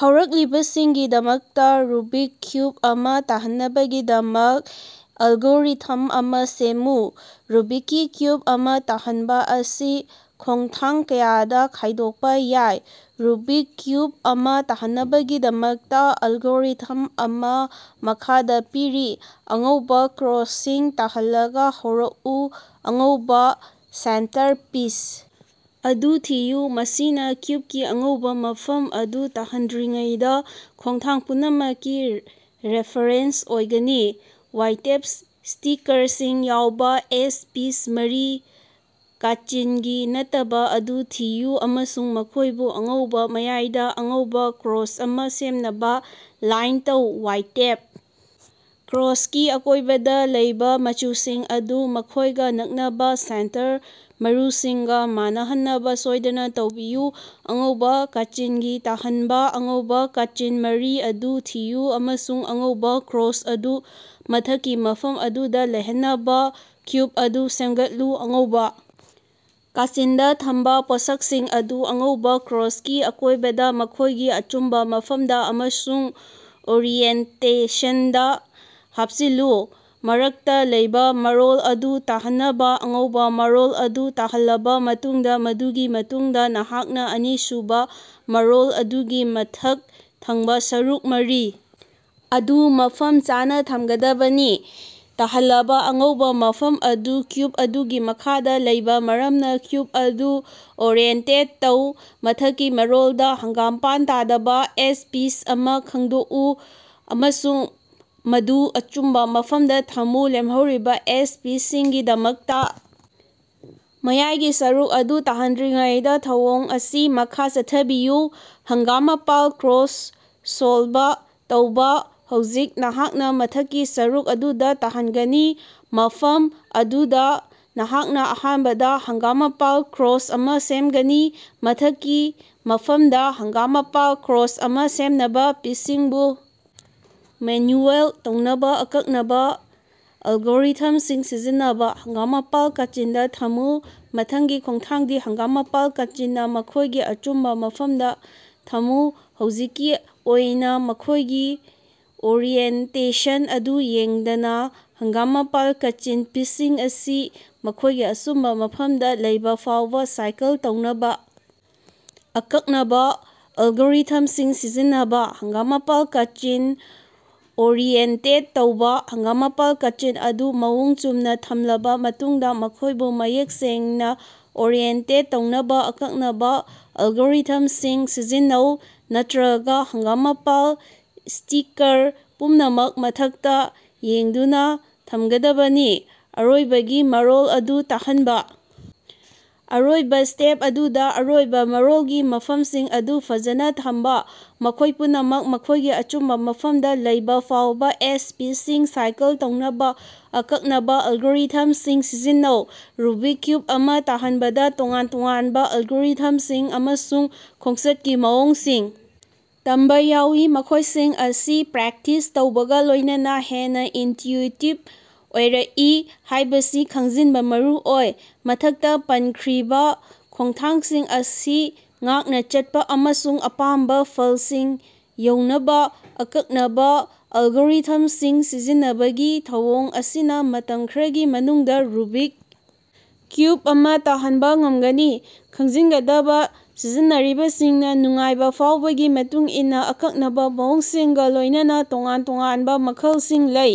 ꯍꯧꯔꯛꯂꯤꯕꯁꯤꯡꯒꯤꯗꯃꯛꯇ Rubik cube ꯑꯃ ꯇꯥꯍꯟꯅꯕꯒꯤꯗꯃꯛ algorithm ꯑꯃꯥ ꯁꯦꯝꯃꯨ꯫ ꯔꯨꯕꯤꯛꯀꯤ ꯀ꯭ꯌꯨꯕ ꯑꯃꯥ ꯇꯥꯍꯟꯕ ꯑꯁꯤ ꯈꯣꯡꯊꯥꯡ ꯀꯌꯥꯗ ꯈꯥꯢꯗꯣꯛꯄ ꯌꯥꯏ꯫ ꯔꯨꯕꯤꯛ ꯀ꯭ꯌꯨꯕ ꯑꯃ ꯇꯥꯍꯟꯅꯕꯒꯤꯗꯃꯛꯇ ꯑꯦꯜꯒꯣꯔꯤꯊꯝ ꯑꯃ ꯃꯈꯥꯗ ꯄꯤꯔꯤ: ꯑꯉꯧꯕꯥ ꯀ꯭ꯔꯣꯁ ꯁꯤꯡ ꯇꯍꯜꯂꯒ ꯍꯧꯔꯛꯎ ꯑꯉꯧꯕꯥ ꯁꯦꯟꯇꯔ ꯄꯤꯁ ꯑꯗꯨ ꯊꯤꯌꯨ ꯃꯁꯤꯅ ꯀ꯭ꯌꯨꯕꯀꯤ ꯑꯉꯧꯕ ꯃꯐꯝ ꯑꯗꯨ ꯇꯥꯍꯟꯗ꯭ꯔꯤꯉꯩꯗ ꯈꯣꯡꯊꯥꯡ ꯄꯨꯝꯅꯃꯛꯀꯤ ꯔꯦꯐꯥꯔꯦꯟꯁ ꯑꯣꯏꯒꯅꯤ꯫ ꯋꯥꯏꯇꯦꯞ ꯁ꯭ꯇꯤꯀꯥꯔꯁꯤꯡ ꯌꯥꯎꯕ ꯑꯦꯖ ꯄꯤꯁ ꯃꯔꯤ ꯀꯥꯆꯤꯟꯒꯤ ꯅꯠꯇꯕ ꯑꯗꯨ ꯊꯤꯌꯨ ꯑꯃꯁꯨꯡ ꯃꯈꯣꯏꯕꯨ ꯑꯉꯧꯕ ꯃꯌꯥꯏꯗ ꯑꯉꯧꯕꯥ ꯀ꯭ꯔꯣꯁ ꯑꯃ ꯁꯦꯝꯅꯕꯥ ꯂꯥꯏꯟ ꯇꯧ꯫ ꯋꯥꯏꯇꯦꯞ ꯀ꯭ꯔꯣꯁꯀꯤ ꯑꯀꯣꯢꯕꯗ ꯂꯩꯕ ꯃꯆꯨꯁꯤꯡ ꯑꯗꯨ ꯃꯈꯣꯢꯒ ꯅꯛꯅꯕ ꯁꯦꯟꯇꯔ ꯃꯔꯨꯁꯤꯡꯒ ꯃꯥꯟꯅꯍꯟꯅꯕ ꯁꯣꯢꯗꯅ ꯇꯧꯕꯤꯌꯨ꯫ ꯑꯉꯧꯕꯥ ꯀꯥꯆꯤꯟꯒꯤ ꯇꯥꯍꯟꯕ: ꯑꯉꯧꯕꯥ ꯀꯥꯆꯤꯟ ꯃꯔꯤ ꯑꯗꯨ ꯊꯤꯌꯨ ꯑꯃꯁꯨꯡ ꯑꯉꯧꯕ ꯀ꯭ꯔꯣꯁ ꯑꯗꯨ ꯃꯊꯛꯀꯤ ꯃꯐꯝ ꯑꯗꯨꯗ ꯂꯩꯍꯟꯅꯕ ꯀ꯭ꯌꯨꯕ ꯑꯗꯨ ꯁꯦꯝꯒꯠꯂꯨ ꯫ ꯑꯉꯧꯕꯥ ꯀꯥꯆꯤꯟꯗ ꯊꯝꯕꯥ ꯄꯣꯠꯁꯛꯁꯤꯡ ꯑꯗꯨ ꯑꯉꯧꯕꯥ ꯀ꯭ꯔꯣꯁꯀꯤ ꯑꯀꯣꯢꯕꯗ ꯃꯈꯣꯢꯒꯤ ꯑꯆꯨꯝꯕ ꯃꯐꯝꯗ ꯑꯃꯁꯨꯡ ꯑꯣꯔꯤꯑꯦꯟꯇꯦꯁꯟꯗꯥ ꯍꯥꯞꯆꯤꯜꯂꯨ꯫ ꯃꯔꯛꯇ ꯂꯩꯕꯥ ꯃꯔꯣꯜ ꯑꯗꯨ ꯇꯍꯟꯅꯕ: ꯑꯉꯧꯕꯥ ꯃꯔꯣꯜ ꯑꯗꯨ ꯇꯥꯍꯜꯂꯕ ꯃꯇꯨꯡꯗ ꯃꯗꯨꯒꯤ ꯃꯇꯨꯡꯗ ꯅꯍꯥꯛꯅ ꯑꯅꯤꯁꯨꯕ ꯃꯔꯣꯜ ꯑꯗꯨꯒꯤ ꯃꯊꯛ ꯊꯪꯕ ꯁꯔꯨꯛ ꯃꯔꯤ ꯑꯗꯨ ꯃꯐꯝ ꯆꯥꯅ ꯊꯝꯒꯗꯕꯅꯤ꯫ ꯇꯍꯜꯂꯕ ꯑꯉꯧꯕꯥ ꯃꯐꯝ ꯑꯗꯨ ꯀ꯭ꯌꯨꯕ ꯑꯗꯨꯒꯤ ꯃꯈꯥꯗ ꯂꯩꯕ ꯃꯔꯝꯅ ꯀ꯭ꯌꯨꯕ ꯑꯗꯨ ꯑꯣꯔꯤꯑꯦꯟꯇꯦꯠ ꯇꯧ꯫ ꯃꯊꯛꯀꯤ ꯃꯔꯣꯜꯗ ꯍꯪꯒꯥꯝꯄꯥꯟ ꯇꯗꯕ ꯑꯦꯖ ꯄꯤꯁ ꯑꯃ ꯈꯪꯗꯣꯛꯎ ꯑꯃꯁꯨꯡ ꯃꯗꯨ ꯑꯆꯨꯝꯕ ꯃꯐꯝꯗ ꯊꯝꯃꯨ꯫ ꯂꯦꯝꯍꯧꯔꯤꯕ ꯑꯦꯖ ꯄꯤꯁꯁꯤꯡꯒꯤꯗꯃꯛꯇ ꯃꯌꯥꯏꯒꯤ ꯁꯔꯨꯛ ꯑꯗꯨ ꯇꯍꯟꯗ꯭ꯔꯤꯉꯩꯗꯥ ꯊꯧꯑꯣꯡ ꯑꯁꯤ ꯃꯈꯥ ꯆꯠꯊꯕꯤꯌꯨ꯫ ꯍꯪꯒꯥꯃꯄꯥꯜ ꯀ꯭ꯔꯣꯁ ꯁꯣꯜꯕ ꯇꯧꯕꯥ: ꯍꯧꯖꯤꯛ ꯅꯍꯥꯛꯅ ꯃꯊꯛꯀꯤ ꯁꯔꯨꯛ ꯑꯗꯨꯗ ꯇꯍꯟꯒꯅꯤ ꯃꯐꯝ ꯑꯗꯨꯗ ꯅꯍꯥꯛꯅ ꯑꯍꯥꯟꯕꯗ ꯍꯣꯒꯥꯃꯄꯥꯜ ꯀ꯭ꯔꯣꯁ ꯑꯃ ꯁꯦꯝꯒꯅꯤ꯫ ꯃꯊꯛꯀꯤ ꯃꯐꯝꯗ ꯍꯪꯒꯥꯃꯄꯥꯜ ꯀ꯭ꯔꯣꯁ ꯑꯃ ꯁꯦꯝꯅꯕ ꯄꯤꯁꯁꯤꯡꯕꯨ ꯃꯦꯟꯌꯨꯑꯣꯔ ꯇꯧꯅꯕ ꯑꯀꯛꯅꯕ ꯑꯦꯜꯒꯣꯔꯤꯊꯝꯁꯤꯡ ꯁꯤꯖꯤꯟꯅꯕ꯫ ꯍꯪꯒꯥꯃꯄꯥꯜ ꯀꯥꯆꯤꯟꯗ ꯊꯝꯃꯨ: ꯃꯊꯪꯒꯤ ꯈꯣꯡꯊꯥꯡꯗꯤ ꯍꯪꯒꯥꯃꯄꯥꯜ ꯀꯥꯆꯤꯟꯅ ꯃꯈꯣꯢꯒꯤ ꯑꯆꯨꯝꯕ ꯃꯐꯝꯗ ꯊꯝꯃꯨ ꯍꯧꯖꯤꯛꯀꯤ ꯑꯣꯏꯅ ꯃꯈꯣꯢꯒꯤ ꯑꯣꯔꯤꯑꯦꯟꯇꯦꯁꯟ ꯑꯗꯨ ꯌꯦꯡꯗꯅ꯫ ꯍꯪꯒꯥꯃꯄꯥꯜ ꯀꯥꯆꯤꯟ ꯄꯤꯁꯁꯤꯡ ꯑꯁꯤ ꯃꯈꯣꯢꯒꯤ ꯑꯆꯨꯝꯕ ꯃꯐꯝꯗ ꯂꯩꯕ ꯐꯥꯎꯕ ꯁꯥꯏꯀꯜ ꯇꯧꯅꯕ ꯑꯀꯛꯅꯕ ꯑꯦꯜꯒꯣꯔꯤꯊꯝꯁꯤꯡ ꯁꯤꯖꯤꯟꯅꯕ꯫ ꯍꯪꯒꯥꯃꯄꯥꯜ ꯀꯥꯆꯤꯟ ꯑꯣꯔꯤꯑꯦꯟꯇꯦꯠ ꯇꯧꯕꯥ: ꯍꯪꯒꯥꯃꯄꯥꯜ ꯀꯥꯆꯤꯟ ꯑꯗꯨ ꯃꯑꯣꯡ ꯆꯨꯝꯅ ꯊꯝꯂꯕ ꯃꯇꯨꯡꯗ ꯃꯈꯣꯢꯕꯨ ꯃꯌꯦꯛ ꯁꯦꯡꯅ ꯑꯣꯔꯤꯑꯦꯟꯇꯦꯠ ꯇꯧꯅꯕ ꯑꯀꯛꯅꯕ ꯑꯦꯜꯒꯣꯔꯤꯊꯝꯁꯤꯡ ꯁꯤꯖꯤꯟꯅꯧ ꯅꯠꯇꯔꯒ ꯍꯪꯒꯥꯃꯄꯥꯜ ꯁ꯭ꯇꯤꯀꯥꯔ ꯄꯨꯝꯅꯃꯛ ꯃꯊꯛꯇ ꯌꯦꯡꯗꯨꯅ ꯊꯝꯒꯗꯕꯅꯤ꯫ ꯑꯔꯣꯏꯕꯒꯤ ꯃꯔꯣꯜ ꯑꯗꯨ ꯇꯥꯍꯟꯕ: ꯑꯔꯣꯏꯕꯥ ꯁ꯭ꯇꯦꯞ ꯑꯗꯨꯗ ꯑꯔꯣꯏꯕꯥ ꯃꯔꯣꯜꯒꯤ ꯃꯐꯝꯁꯤꯡ ꯑꯗꯨ ꯐꯖꯥꯅ ꯊꯝꯕ꯫ ꯃꯈꯣꯢ ꯄꯨꯝꯅꯃꯛ ꯃꯈꯣꯢꯒꯤ ꯑꯆꯨꯝꯕ ꯃꯐꯝꯗ ꯂꯩꯕ ꯐꯥꯎꯕ ꯑꯦꯖ ꯄꯤꯁꯁꯤꯡ ꯁꯥꯏꯀꯜ ꯇꯧꯅꯕ ꯑꯀꯛꯅꯕ ꯑꯦꯜꯒꯣꯔꯤꯊꯝꯁꯤꯡ ꯁꯤꯖꯤꯟꯅꯧ꯫ ꯔꯨꯕꯤꯛ ꯀ꯭ꯌꯨꯕ ꯑꯃ ꯇꯍꯟꯕꯗ ꯇꯣꯉꯥꯟ ꯇꯣꯉꯥꯟꯕ ꯑꯦꯜꯒꯣꯔꯤꯊꯝꯁꯤꯡ ꯑꯃꯁꯨꯡ ꯈꯣꯡꯆꯠꯀꯤ ꯃꯑꯣꯡꯁꯤꯡ ꯇꯝꯕ ꯌꯥꯎꯏ ꯃꯈꯣꯢꯁꯤꯡ ꯑꯁꯤ ꯄ꯭ꯔꯦꯛꯇꯤꯁ ꯇꯧꯕꯒ ꯂꯣꯢꯅꯅꯥ ꯍꯦꯟꯅ ꯏꯟꯇꯌꯨꯏꯇꯤꯕ ꯑꯣꯏꯔꯛꯏ ꯍꯥꯢꯕꯁꯤ ꯈꯪꯖꯤꯟꯕ ꯃꯔꯨ ꯑꯣꯏ꯫ ꯃꯊꯛꯇꯥ ꯄꯟꯈ꯭ꯔꯤꯕ ꯈꯣꯡꯊꯥꯡꯁꯤꯡ ꯑꯁꯤ ꯉꯥꯛꯅ ꯆꯠꯄꯥ ꯑꯃꯁꯨꯡ ꯑꯄꯥꯝꯕꯥ ꯐꯜꯁꯤꯡ ꯌꯧꯅꯕꯥ ꯑꯀꯛꯅꯕꯥ ꯑꯦꯂꯒꯣꯔꯤꯊꯝꯁꯤꯡ ꯁꯤꯖꯤꯟꯅꯕꯒꯤ ꯊꯧꯑꯣꯡ ꯑꯁꯤꯅ ꯃꯇꯝ ꯈꯔꯒꯤ ꯃꯅꯨꯡꯗ ꯔꯨꯕꯤꯛ ꯀ꯭ꯌꯨꯕ ꯑꯃ ꯇꯥꯍꯟꯕ ꯉꯝꯒꯅꯤ꯫ ꯈꯪꯖꯤꯟꯒꯗꯕ ꯁꯤꯖꯤꯟꯅꯔꯤꯕꯁꯤꯡꯅ ꯅꯨꯡꯉꯥꯏꯕ ꯐꯥꯎꯕꯒꯤ ꯃꯇꯨꯡꯏꯟꯅ ꯑꯀꯛꯅꯕ ꯃꯑꯣꯡꯁꯤꯡꯒꯥ ꯂꯣꯢꯅꯅꯥ ꯇꯣꯉꯥꯟ-ꯇꯣꯉꯥꯟꯕ ꯃꯈꯜꯁꯤꯡ ꯂꯩ꯫